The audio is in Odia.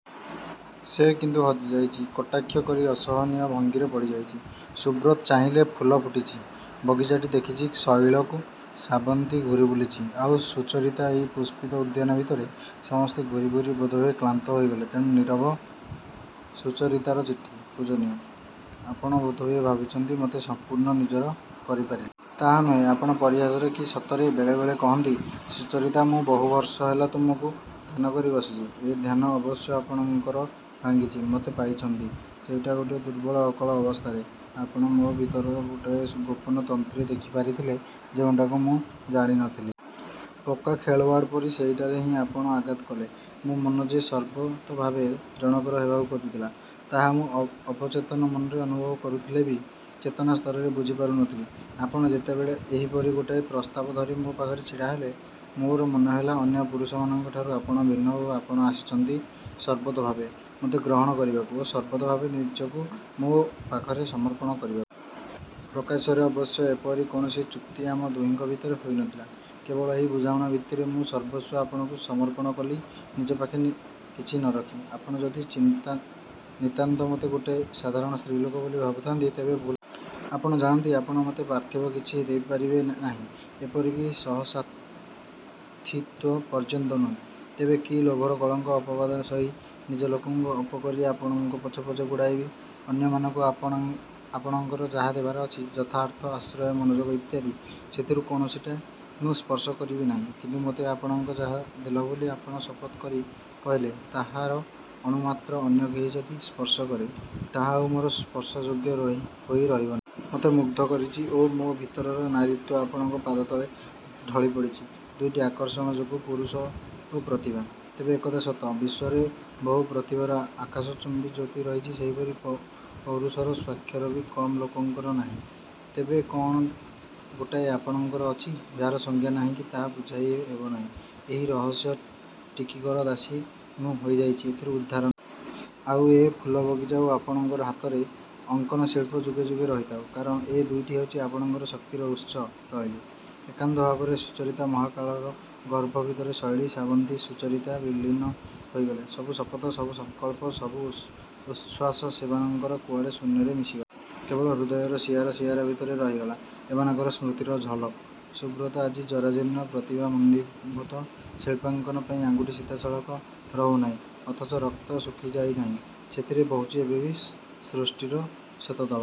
ସେ କିନ୍ତୁ ହଜିଯାଇଛି, କଟାକ୍ଷ କରି ଅସହନୀୟ ଭଙ୍ଗୀରେ ପଡ଼ିଯାଇଛି। ସୁବ୍ରତ ଚାହିଁଲେ। ଫୁଲ ଫୁଟିଛି। ବଗିଚାଟି ଦେଖିଛି ଶୈଳକୁ। ଶ୍ରାବନ୍ତୀ ଘୂରିବୁଲିଛି, ଆଉ ସୁଚରିତା… ଏଇ ପୁଷ୍ପିତ ଉଦ୍ୟାନ ଭିତରେ–ସମସ୍ତେ ଘୂରି ଘୂରି ବୋଧହୁଏ କ୍ଳାନ୍ତ ହୋଇଗଲେ–ତେଣୁ ନୀରବ। ସୁଚରିତାର ଚିଠି… ପୂଜନୀୟ! ଆପଣ ବୋଧହୁଏ ଭାବଛନ୍ତି ମତେ ସଂପୂର୍ଣ୍ଣ ନିଜର କରିପାରିଲେ। ତାହା ନୁହେଁ। ଆପଣ ପରିହାସରେ କି ସତରେ ବେଳେବେଳେ କହନ୍ତି-'ସୁଚରିତା, ମୁଁ ବହୁ ବର୍ଷ ହେଲା ତୁମକୁ ଧ୍ୟାନ କରି ବସିଛି। ' ଏ ଧ୍ୟାନ ଅବଶ୍ୟ ଆପଣଙ୍କର ଭାଙ୍ଗିଛି। ମତେ ପାଇଛନ୍ତି। ସେଇଟା ଗୋଟାଏ ଦୁର୍ବଳ ଅକଳ ଅବସ୍ଥାରେ। ଆପଣ ମୋ ଭିତରର ଗୋଟାଏ ଗୋପନ ତନ୍ତ୍ରୀ ଦେଖିପାରିଥିଲେ, ଯେଉଁଟାକୁ ମୁଁ ଜାଣିନଥିଲି। ପକ୍କା ଖେଳୱାଡ଼ ପରି ସେଇଟାରେ ହଁ ଆପଣ ଆଘାତ କଲେ। ମୋ ମନ ଯେ ସର୍ବତୋଭାବେ ଜଣକର ହେବାକୁ ଖୋଜୁଥିଲା, ତାହା ମୁଁ ଅବଚେତନ ମନରେ ଅନୁଭବ କରୁଥିଲେ ବି ଚେତନା ସ୍ତରରେ ବୁଝିପାରୁନଥିଲି। ଆପଣ ଯେତବେଳେ ଏହିପରି ଗୋଟାଏ ପ୍ରସ୍ତାବ ଧରି ମୋ ପାଖରେ ଛିଡ଼ାହେଲେ, ମୋର ମନେହେଲା ଅନ୍ୟ ପୁରୁଷମାନଙ୍କଠାରୁ ଆପଣ ଭିନ୍ନ ଓ ଆପଣ ଆସିଛନ୍ତି ସର୍ବତୋଭାବେ ମତେ ଗ୍ରହଣ କରିବାକୁ ଓ ସର୍ବତୋଭାବେ ନିଜକୁ ମୋ ପାଖରେ ସମର୍ପଣ କରିବାକୁ। ପ୍ରକାଶ୍ୟରେ ଅବଶ୍ୟ ଏପରି କୌଣସି ଚୁକ୍ତି ଆମ ଦୁହିଁଙ୍କ ଭିତରେ ହୋଇନଥିଲା। କେବଳ ଏହି ବୁଝାମଣା ଭିତ୍ତିରେ ମୁଁ ସର୍ବସ୍ୱ ଆପଣଙ୍କୁ ସମର୍ପଣ କଲି ନିଜ ପାଖେ କିଛି ନରଖି। ଆପଣ ଯଦି ନିତାନ୍ତ ମତେ ଗୋଟାଏ ସାଧାରଣ ସ୍ତ୍ରୀଲୋକ ବୋଲି ଭାବୁଥାନ୍ତି, ତେବେ ଭୁଲ୍ କରିବେ। ଆପଣ ଜାଣନ୍ତି, ଆପଣ ମତେ ପାର୍ଥିବ କିଛି ଦେଇପାରିବେ ନାହିଁ। ଏପରିକି ସହସାଥିତ୍ଵ ପର୍ଯ୍ୟନ୍ତ ନୁହେଁ। ତେବେ କି ଲୋଭରେ କଳଙ୍କ ଅପବାଦ ସହି ନିଜ ଲୋକଙ୍କୁ ପରକରି ଆପଣଙ୍କ ପଛେ ପଛେ ଗୋଡ଼ାଇବି? ଅନ୍ୟମାନଙ୍କୁ ଆପଣଙ୍କର ଯାହା ଦେବାର ଅଛି, ଯଥା ଅର୍ଥ, ଆଶ୍ରୟ, ମନୋଯୋଗ ଇତ୍ୟାଦି… ସେଥିରୁ କୌଣସିଟା ମୁଁ ସ୍ପର୍ଶ କରିବିନାହିଁ; କିନ୍ତୁ ମୋତେ ଆପଣଙ୍କ ଯାହା ଦେଲବୋଲି ଆପଣ ଶପଥ କରି କହିଥିଲେ, ତାହାର ଅଣୁ ମାତ୍ର ଅନ୍ୟ କେହି ଯଦି ସ୍ପର୍ଶ କରେ, ତାହା ଆଉ ମୋର ସ୍ପର୍ଶଯୋଗ୍ୟ ହୋଇ ରହିବନାହିଁ। ମତେ ମୁଗ୍ଧ କରିଛି ଓ ମୋ ଭିତରର ନାରୀତ୍ୱ ଆପଣଙ୍କ ପାଦତଳେ ଢଳିପଡ଼ିଛି ଦୁଇଟି ଆକର୍ଷଣ ଯୋଗୁ-ପୌରୁଷ ଓ ପ୍ରତିଭା। ତେବେ ଏକଥା ସତ, ବିଶ୍ୱରେ ବହୁ ପ୍ରତିଭାର ଆକାଶଚୁମ୍ୱୀ ଜ୍ୟୋତି ରହିଛି, ସେହିପରି ପୌରୁଷର ସ୍ୱାକ୍ଷର ବି କମ୍ ଲୋକଙ୍କର ନାହିଁ। ତେବେ କଅଣ ଗୋଟାଏ ଆପଣଙ୍କର ଅଛି, ଯାହାର ସଂଜ୍ଞା ନାହିଁ କି ତାହା ବୁଝାଇ ହେବନାହିଁ… ଏହି ରହସ୍ୟ ଟିକିକର ଦାସୀ ମୁଁ ହୋଇଯାଇଛି–ଏଥିରୁ ଉଦ୍ଧାର ନାହିଁ। ଆଉ ଏ ଫୁଲ ବଗିଚା ଓ ଆପଣଙ୍କ ହାତର ଅଙ୍କନଶିଳ୍ପ–ଯୁଗେ ଯୁଗେ ରହିଥାଉ; କାରଣ ଏ ଦୁଇଟି ହେଉଛି ଆପଣଙ୍କର ଶକ୍ତିର ଉତ୍ସ ରହିଲି। ଏକାନ୍ତ ଭାବରେ ସୁଚରିତା ମହାକାଳର ଗର୍ଭ ଭିତରେ ଶୈଳ, ଶ୍ରାବନ୍ତୀ, ସୁଚରିତା ବିଲୀନ ହୋଇଗଲେ। ସବୁ ଶପଥ, ସବୁ ସଂକଳ୍ପ, ସବୁ ଉଚ୍ଛ୍ୱାସ ସେମାନଙ୍କର କୁଆଡ଼େ ଶୂନ୍ୟରେ ମିଶିଗଲା। କେବଳ ହୃଦୟର ସିଆର ସିଆର ଭିତରେ ରହିଗଲା ଏମାନଙ୍କର ସ୍ମୃତିର ଝଲକ। ସୁବ୍ରତ ଆଜି ଜରାଜୀର୍ଣ୍ଣ। ପ୍ରତିଭା ମନ୍ଦୀଭୂତ। ଶିଳ୍ପାଙ୍କନ ପାଇଁ ଆଙ୍ଗୁଠି ସିଧା ସଳଖ ରହୁନାଇଁ; ଅଥଚ ରକ୍ତ ଶୁଖି ଯାଇ ନାହିଁ। ସେଥିରେ ବହୁଛି ଏବେ ବି ସୃଷ୍ଟିର ଶତଦଳ।